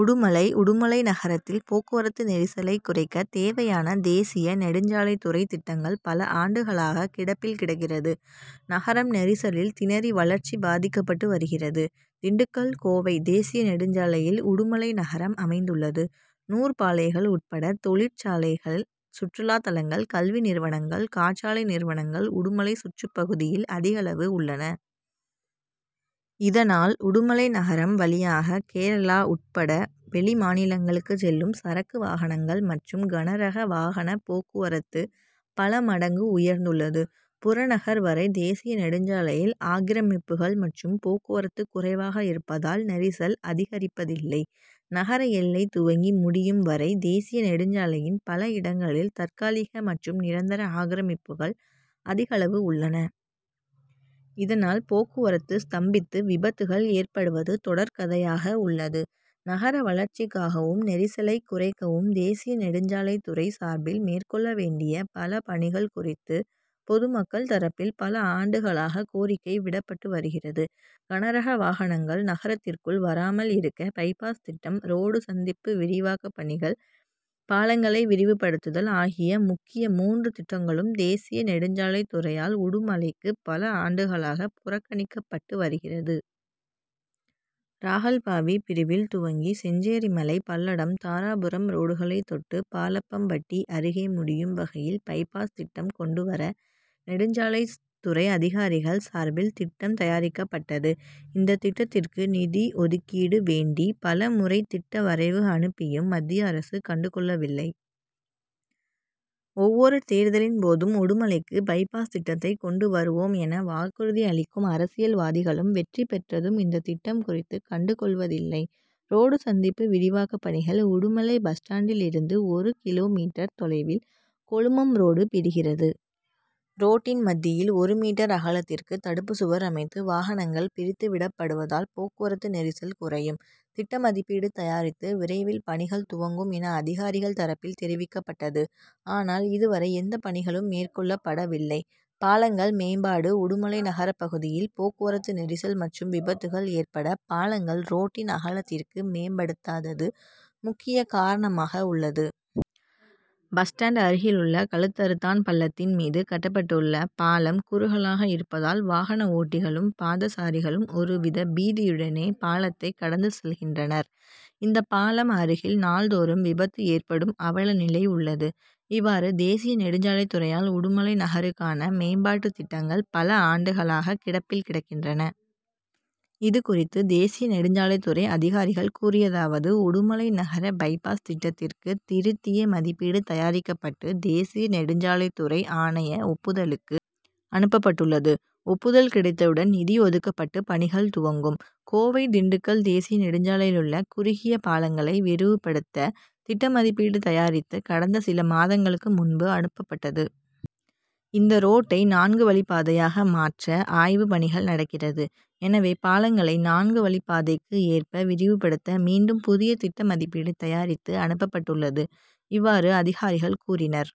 உடுமலை உடுமலை நகரத்தில் போக்குவரத்து நெரிசலை குறைக்க தேவையான தேசிய நெடுஞ்சாலைத்துறை திட்டங்கள் பல ஆண்டுகளாக கிடப்பில் கிடக்கிறது. நகரம் நெரிசலில் திணறி வளர்ச்சி பாதிக்கப்பட்டு வருகிறது. திண்டுக்கல்- கோவை தேசிய நெடுஞ்சாலையில் உடுமலை நகரம் அமைந்துள்ளது. நூற்பாலைகள் உட்பட தொழிற் சாலைகள், சுற்றுலா தலங்கள், கல்வி நிறுவனங்கள், காற்றாலை நிறுவனங்கள் உடுமலை சுற்றுப்பகுதியில் அதிகளவு உள்ளன. இதனால், உடுமலை நகரம் வழியாக கேரளா உட்பட வெளிமாநிலங்களுக்கு செல்லும் சரக்கு வாகனங்கள் மற்றும், கனரகவாகன போக்குவரத்து பல மடங்கு உயர்ந்துள்ளது. புறநகர் வரை தேசிய நெடுஞ்சாலையில் ஆக்கிரமிப்புகள் மற்றும் போக்குவரத்து குறைவாக இருப்பதால் நெரிசல் அதிகரிப்பதில்லை. நகர எல்லை துவங்கி முடியும் வரை தேசிய நெடுஞ்சாலையின் பல இடங்களில் தற்காலிக மற்றும் நிரந்தர ஆக்கிரமிப்புகள் அதிகளவு உள்ளன. இதனால், போக்குவரத்து ஸ்தம்பித்து விபத்துகள் ஏற்படுவது தொடர்கதையாக உள்ளது. நகர வளர்ச்சிக்காகவும், நெரிசலை குறைக் கவும் தேசிய நெடுஞ்சாலைத்துறை சார்பில் மேற்கொள்ள வேண்டிய பல பணிகள் குறித்து பொதுமக்கள் தரப்பில் பல ஆண்டுகளாக கோரிக்கை விடப்பட்டு வருகிறது. கனரக வாகனங்கள் நகரத்திற்குள் வராமல் இருக்க பை-பாஸ் திட்டம், ரோடு சந்திப்பு விரிவாக்க பணிகள், பாலங்களை விரிவுபடுத்துதல் ஆகிய முக்கிய மூன்று திட்டங்களும் தேசிய நெடுஞ்சாலைத்துறையால் உடுமலைக்கு பல ஆண்டுகளாக புறக்கணிக்கப்பட்டு வருகிறது. ராகல்பாவி பிரிவில் துவங்கி செஞ்சேரிமலை, பல்லடம், தாராபுரம் ரோடுகளை தொட்டு பாலப்பம்பட்டி அருகே முடியும் வகையில் பை-பாஸ் திட்டம் கொண்டு வர நெடுஞ் சாலைத்துறை அதிகாரிகள் சார்பில் திட்டம் தயாரிக்கப்பட்டது. இந்த திட்டத்திற்கு நிதி ஒதுக்கீடு வேண்டி பல முறை திட்ட வரைவு அனுப்பியும் மத்திய அரசு கண்டுகொள்ள வில்லை. ஒவ்வொரு தேர்தலின் போதும் உடுமலைக்கு பை-பாஸ் திட்டத்தை கொண்டு வருவோம் என வாக்குறுதி அளிக்கும் அரசியல்வாதிகளும் வெற்றி பெற்றதும் இந்த திட்டம் குறித்து கண்டுகொள்வதில்லை. ரோடு சந்திப்பு விரிவாக்க பணிகள் உடுமலை பஸ் ஸ்டாண்டில் இருந்து ஒரு கி. மீ., தொலைவில் கொழுமம் ரோடு பிரிகிறது. ரோட்டின் மத்தியில் ஒரு மீட்டர் அகலத்திற்கு தடுப்பு சுவர் அமைத்து வாகனங்கள் பிரித்து விடப்படுவதால் போக்குவரத்து நெரிசல் குறையும்; திட்டமதிப்பீடு தயாரித்து விரைவில் பணிகள் துவங்கும் என அதிகாரிகள் தரப்பில் தெரிவிக்கப்பட்டது. ஆனால், இதுவரை எந்த பணிகளும் மேற்கொள்ளப்படவில்லை. பாலங்கள் மேம்பாடு உடுமலை நகரப்பகுதியில் போக்குவரத்து நெரிசல் மற்றும் விபத்துகள் ஏற்பட பாலங்கள் ரோட்டின் அகலத்திற்கு மேம்படுத்தாதது முக்கிய காரணமாக உள்ளது. பஸ் ஸ்டாண்ட் அருகிலுள்ள கழுத்தறுத்தான் பள்ளத்தின் மீது கட்டப்படுள்ள பாலம் குறுகலாக இருப்பதால் வாகன ஓட்டிகளும், பாதசாரிகளும் ஒரு வித பீதியுடனே பாலத்தை கடந்து செல்கின்றனர். இந்த பாலம் அருகில் நாள்தோறும் விபத்து ஏற்படும் அவல நிலை உள்ளது. இவ்வாறு தேசிய நெடுஞ்சாலைத்துறையால் உடுமலை நகருக்கான மேம்பாட்டு திட்டங்கள் பல ஆண்டுகளாக கிடப்பில் கிடக்கின்றன. இது குறித்து தேசிய நெடுஞ்சாலைத்துறை அதிகாரிகள் கூறியதாவது உடுமலை நகர பை-பாஸ் திட்டத்திற்கு திருத்திய மதிப்பீடு தயாரிக்கப்பட்டு தேசிய நெடுஞ்சாலைத்துறை ஆணைய ஒப்புதலுக்கு அனுப்பப்பட்டுள்ளது. ஒப்புதல் கிடைத்தவுடன் நிதி ஒதுக்கப்பட்டு பணிகள் துவங்கும். கோவை-திண்டுக்கல் தேசிய நெடுஞ்சாலையிலுள்ள குறுகிய பாலங்களை விரிவுபடுத்த திட்ட மதிப்பீடு தயாரித்து கடந்த சில மாதங்களுக்கு முன்பு அனுப்பப்பட்டது. இந்த ரோட்டை நான்கு வழிப்பாதையாக மாற்ற ஆய்வு பணிகள் நடக்கிறது. எனவே பாலங்களை நான்கு வழிப்பாதைக்கு ஏற்ப விரிவுபடுத்த மீண்டும் புதிய திட்ட மதிப்பீடு தயாரித்து அனுப்பப் பட்டுள்ளது. இவ்வாறு அதிகாரிகள் கூறினர்.